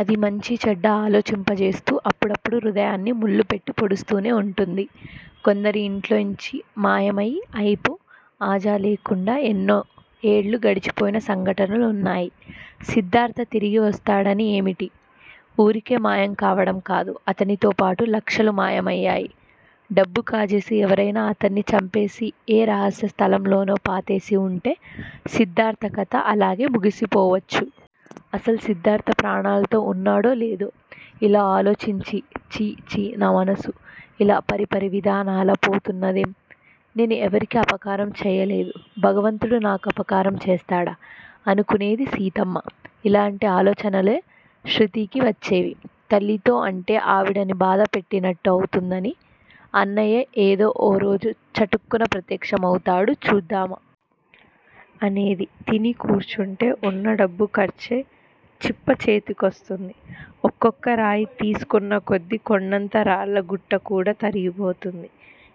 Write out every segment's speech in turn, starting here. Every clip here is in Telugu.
అది మంచీచెడ్డా ఆలోచింపజేస్తూ, అప్పుడప్పుడు హృదయాన్ని ముల్లుపెట్టి పొడుస్తూనే వుంటుంది. కొందరు ఇంట్లోంచి మాయం అయి అయిపూ అజా లేకుండా ఎన్నో ఏళ్ళు గడిచిపోయిన సంఘటనలు వున్నాయి. సిద్దార్థ తిరిగి వస్తాడని ఏమిటి? ఊరికే మాయంకావడం కాదు. అతనితో పాటు లక్షలు మాయమయ్యాయి. డబ్బు కాజేసి ఎవరైనా అతన్ని చంపేసి ఏ రహస్య స్థలంలోనో పాతేసి వుంటే సిద్దార్థ కథ అలాగే ముగిసిపోవచ్చు. అసలు సిద్దార్థ ప్రాణాలతో వున్నాడో లేదో! ఇలా ఆలోచించి ఛీ ఛీ నా మనసు ఇలా పరిపరివిధాల పోతున్నదేం? నేను ఎవరికీ అపకారంచెయ్యలేదు. భగవంతుడు నాకు అపకారం చేస్తాడా? ' అనుకునేది సీతమ్మ. ఇలాంటి ఆలోచనలే శృతికీ వచ్చేవి. తల్లితో అంటే ఆవిడని బాధ పెట్టినట్టు అవుతుందని అన్నయ్య ఏదో ఓ రోజు చటుక్కున ప్రత్యక్షమవుతాడు చూదా మ్మా! అనేది. తిని కూర్చుంటే వున్న డబ్బు ఖర్చయి చిప్ప చేతికొస్తుంది. ఒక్కొక్క రాయి తీస్తున్నకొద్దీ కొండంత రాళ్ళ గుట్టకూడా తరిగిపోతుంది.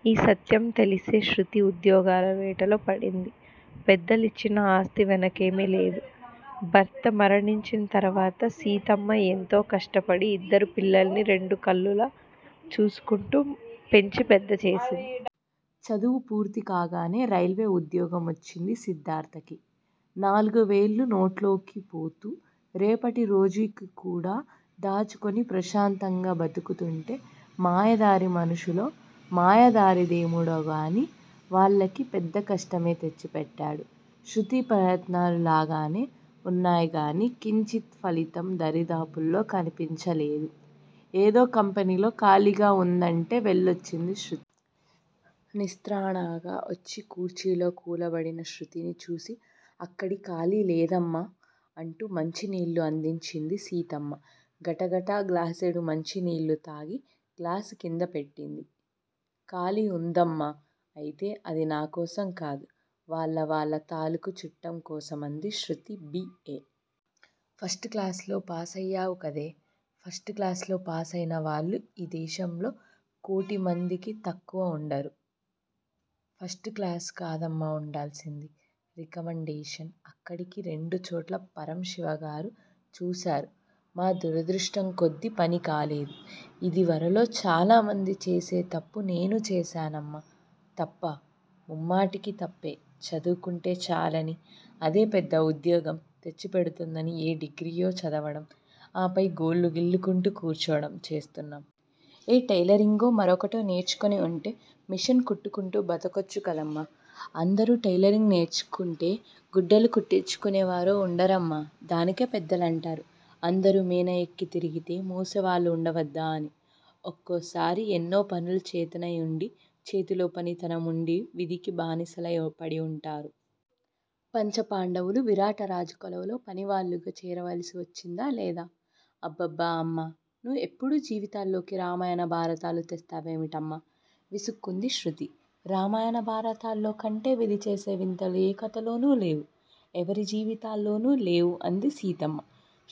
ఈ సత్యం తెలిసే శృతి ఉద్యోగాల వేటలో పడింది. పెద్దలిచ్చిన ఆస్తి వెనకేమీ లేదు. భర్త మరణించిన తర్వాత సీతమ్మ ఎంతో కష్టపడి ఇద్దరు పిల్లల్ని రెండు కళ్ళులా చూసుకుంటూ పెంచి పెద్ద చేసింది. చదువు పూర్తి కాగానే రైల్వే ఉద్యోగమొచ్చింది సిద్దార్థకి. నాలుగు వేళ్ళూ నోట్లోకి పోతూ, రేపటి రోజుకికూడా దాచుకుని ప్రశాంతంగా బతుకుతుంటే మాయదారి మనుషులో, మాయదారి దేముడోగాని వాళ్ళకి పెద్దకష్టమే తెచ్చిపెట్టాడు. శృతి ప్రయత్నాలు లాగానే వున్నాయిగాని, కించిత్ ఫలితం దరిదాపుల్లో కనిపించలేదు. ఏదో కంపెనీలో ఖాళీగా వుందంటే వెళ్ళివచ్చిందిశృ. నిస్త్రాణగా వచ్చి కుర్చీలో కూలబడిన శృతిని చూసి అక్కడా ఖాళీ లేదామ్మా? అంటూ మంచినీళ్ళు అందించింది సీతమ్మ. గటగట గ్లాసెడు మంచినీళ్ళూతాగి గ్లాసు కింద పెట్టింది. ఖాళీ వుందమ్మా! అయితే, అది నాకోసం కాదు. వాళ్ళ వాళ్ళ తాలూకు చుట్టంకోసం అంది శృతి. బి. ఏ. ఫస్టు క్లాసులో ప్యాసయ్యావుకదే? ఫస్టుక్లాసులో ప్యాసయినవాళ్ళు ఈ దేశంలో కోటిమందికి తక్కువ ఉండరు. ఫస్టు క్లాసు కాదమ్మా వుండాల్సింది. రికమండేషన్, అక్కడికీ రెండుచోట్ల పరమశివంగారు చూశారు. మా దురదృష్టంకొద్దీ పనికాలేదు. ఇదివరలో చాలామంది చేసే తప్పు నేనూ చేశానమ్మా! తప్పా? ముమ్మాటికీ తప్పే. చదువుకుంటే చాలని, అదే పెద్ద ఉద్యోగం తెచ్చిపెడుతుందని ఏ డిగ్రీయో చదవడం, ఆ పై గోళ్ళు గిల్లుకుంటూ కూర్చోడం చేస్తున్నాము. ఏ టెయిలరింగో, మరొకటో నేర్చుకుని వుంటే మిషను కుట్టుకుంటూ బతకవచ్చుకదమ్మా! అందరూ టెయిలరింగు నేర్చుకుంటే గుడ్డలు కుట్టించుకునేవారు ఉండరమ్మా! దానికే పెద్దలంటారు! అందరూమేనా ఎక్కి తిరిగితే మోసేవాళ్ళు వుండవద్దా అని. ఒక్కో సారి ఎన్నో పనులు చేతనై వుండి, చేతిలో పనితనం వుండి విధికి బానిసలయి పడివుంటారు. పంచపాండవులు విరాటరాజు కొలువులో పనివాళ్ళుగా చేరవలసి వచ్చిందా లేదా? అబ్బబ్బ-అమ్మా! నువ్వెప్పుడూ జీవితాల్లోకి రామాయన భారతాలు తెస్తావేమిటమ్మా! విసుక్కుంది శృతి. రామాయణ భారతాల్లోకంటే విధిచేసే వింతలు ఏ కథలోనూ లేవు, ఎవరి జీవితాల్లోనూ లేవు అంది సీతమ్మ.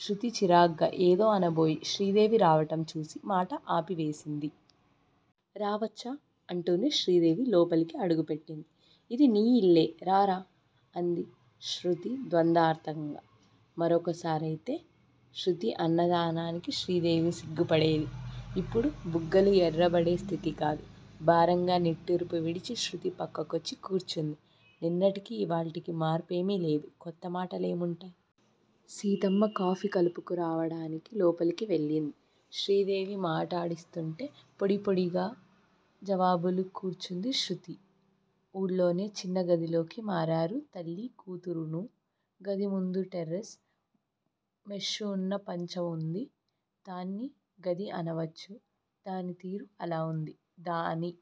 శృతి చిరాగ్గా ఏదో అనబోయి శ్రీదేవి రావటం చూసి మాట ఆపేసింది. రావచ్చా? అంటూనే శ్రీదేవి లోపలికి అడుగు పెట్టింది. ఇది నీ యిల్లే రారా. అంది శృతి ద్వంద్వార్థంగా. మరొకసారయితే శృతి అన్నదానికి శ్రీదేవి సిగ్గుపడేదే. ఇప్పుడు బుగ్గలు ఎర్రబడే స్థితికాదు, భారంగా నిట్టూర్పు విడిచి శృతి పక్కకొచ్చి కూర్చుంది. నిన్నటికి ఇవాల్టికి మార్పేమీ లేదు, కొత్తమాట లేముంటాయ్? సీతమ్మ కాఫీ కలుపుకు రావటానికి లోపలికి వెళ్ళింది. శ్రీదేవి మాట్లాడిస్తుంటే పొడి పొడిగా జవాబులు కూర్చుంది శృతి. ఊళ్ళోనే చిన్న గదిలోకి మారారు తల్లీ కూతురూను, గదిముందు టెర్రేష్, మెష్షూవున్న పంచవుంది. దాన్ని గది అనవచ్చు. దాని తీరు అలా వుంది. దాని